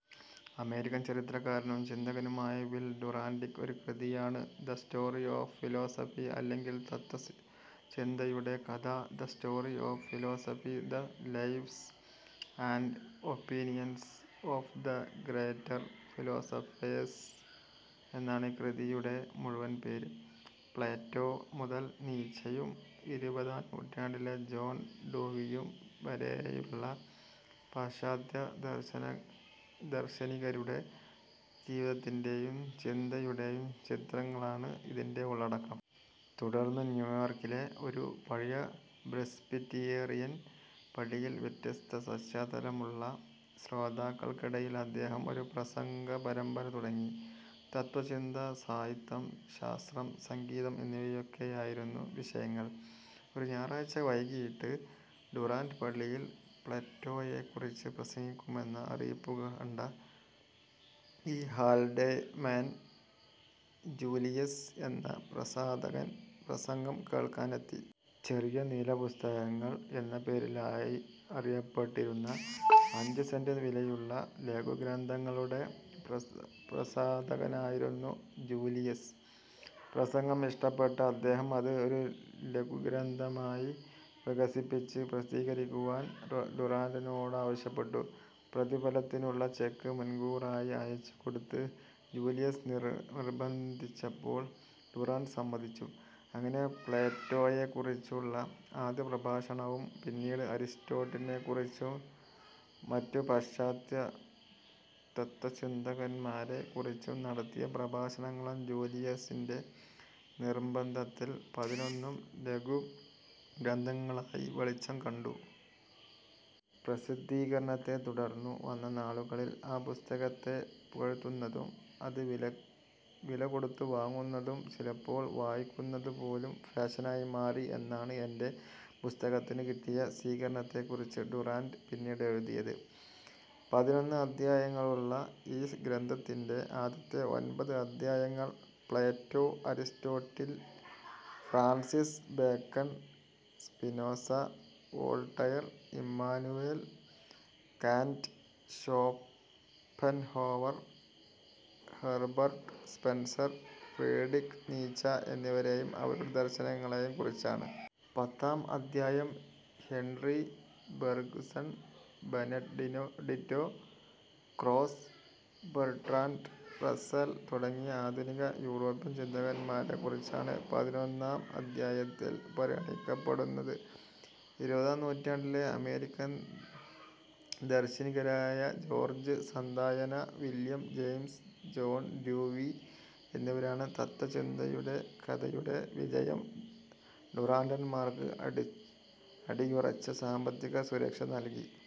American ചരിത്രകാരനും ചിന്തകനുമായ Will ഡുറാന്റിന്റെ ഒരു കൃതിയാണ് ദ സ്റ്റോറി ഓഫ് ഫിലോസഫി അല്ലെങ്കിൽ തത്ത്വചിന്തയുടെ കഥ. "The story of philosophy, the lives and opinions of the greater philosophers" എന്നാണ് ഈ കൃതിയുടെ മുഴുവൻ പേര്. പ്ലേറ്റോ മുതൽ നീച്ചയും ഇരുപതാം നൂറ്റാണ്ടിലെ ജോൺ ഡൂവിയും വരേയുള്ള പാശ്ചാത്യ ദാർശനികരുടെ ജീവിതത്തിന്റേയും ചിന്തയുടേയും ചിത്രങ്ങളാണ് ഇതിന്റെ ഉള്ളടക്കം. തുടർന്ന്, ന്യൂയോർക്കിലെ ഒരു പഴയ പ്രിസ്ബിറ്റേറിയൻ പള്ളിയിൽ വ്യത്യസ്തപശ്ചാത്തലമുള്ള ശ്രോതക്കൾക്കിടയിൽ അദ്ദേഹം ഒരു പ്രസംഗപരമ്പര തുടങ്ങി. തത്ത്വചിന്ത, സാഹിത്യം, ശാസ്ത്രം, സംഗീതം എന്നിവയൊക്കെയായിരുന്നു വിഷയങ്ങൾ. ഒരു ഞായറാഴ്ച വൈകിട്ട് ഡുറാന്റ് പള്ളിയിൽ പ്ലേറ്റോയേക്കുറിച്ച് പ്രസംഗിക്കുമെന്ന അറിയിപ്പുകണ്ട ഇ ഹാൽഡെമാൻ ജൂലിയസ് എന്ന പ്രസാധകൻ പ്രസംഗം കേൾക്കാനെത്തി. ചെറിയ നീലപ്പുസ്തകങ്ങൾ എന്ന പേരിലറിയപ്പെട്ടിരുന്ന അഞ്ചു സെന്റ് വിലയുള്ള ലഘുഗ്രന്ഥങ്ങളുടെ പ്രസാധകനായിരുന്നു ജൂലിയസ്. പ്രസംഗം ഇഷ്ടപ്പെട്ട അദ്ദേഹം അത് ഒരു ലഘുഗ്രന്ഥമായി വികസിപ്പിച്ച് പ്രസിദ്ധീകരിക്കുവാൻ ഡുറാന്റിനോടാവശ്യപ്പെട്ടു. പ്രതിഫലത്തിനുള്ള ചെക്ക് മുൻകൂറായി അയച്ചുകൊടുത്ത് ജൂലിയസ് നിർബ്ബന്ധിച്ചപ്പോൾ ഡുറാന്റ് സമ്മതിച്ചു. അങ്ങനെ പ്ലേറ്റോയേക്കുറിച്ചുള്ള ആദ്യപ്രഭാഷണവും പിന്നീട് അരിസ്റ്റോട്ടിലിനെക്കുറിച്ചും മറ്റു പാശ്ചാത്യതത്ത്വചിന്തകന്മാരെക്കുറിച്ചും നടത്തിയ പ്രഭാഷണങ്ങളും ജൂലിയസിന്റെ നിർബ്ബന്ധത്തിൽ പതിനൊന്നു ലഘുഗ്രന്ഥങ്ങളായി വെളിച്ചം കണ്ടു. പ്രസിദ്ധീകരണത്തെ തുടർന്നു വന്ന നാളുകളിൽ ആ പുസ്തകത്തെ പുകഴ്ത്തുന്നതും, അത് വിലകൊടുത്തു വാങ്ങുന്നതും, ചിലപ്പോൾ വായിക്കുന്നതുപോലും ഫാഷനായി മാറി എന്നാണ് തന്റെ പുസ്തകത്തിനുകിട്ടിയ സ്വീകരണത്തെക്കുറിച്ച് ഡുറാന്റ് പിന്നീട് എഴുതിയത്. പതിനൊന്ന് അദ്ധ്യായങ്ങളുള്ള ഈ ഗ്രന്ഥത്തിന്റെ ആദ്യത്തെ ഒൻപത് അദ്ധ്യായങ്ങൾ Plato, Aristotle, Francis Bacon, Spinoza, Voltaire, Immanuel Kant, Schopenhauer, Herbert Spencer, Friedrich Nietzsche എന്നിവരേയും അവരുടെ ദർശനങ്ങളേയും കുറിച്ചാണ്. പത്താം അദ്ധ്യായം Henri Bergson, Benedetto Croce Bertrand Russell തുടങ്ങിയ ആധുനിക യൂറോപ്യൻ ചിന്തകന്മാരെക്കുറിച്ചാണ്. പതിനൊന്നാം അദ്ധ്യായത്തിൽ പരിഗണിക്കപ്പെടുന്നത് ഇരുപതാം നൂറ്റാണ്ടിലെ അമേരിക്കൻ ദാർശനികരായ George Santayana, William James, John Dewey എന്നിവരാണ്. തത്ത്വചിന്തയുടെ കഥയുടെ വിജയം ഡുറാന്റുമാർക്ക് അടിയുറച്ച സാമ്പത്തിക സുരക്ഷ നൽകി.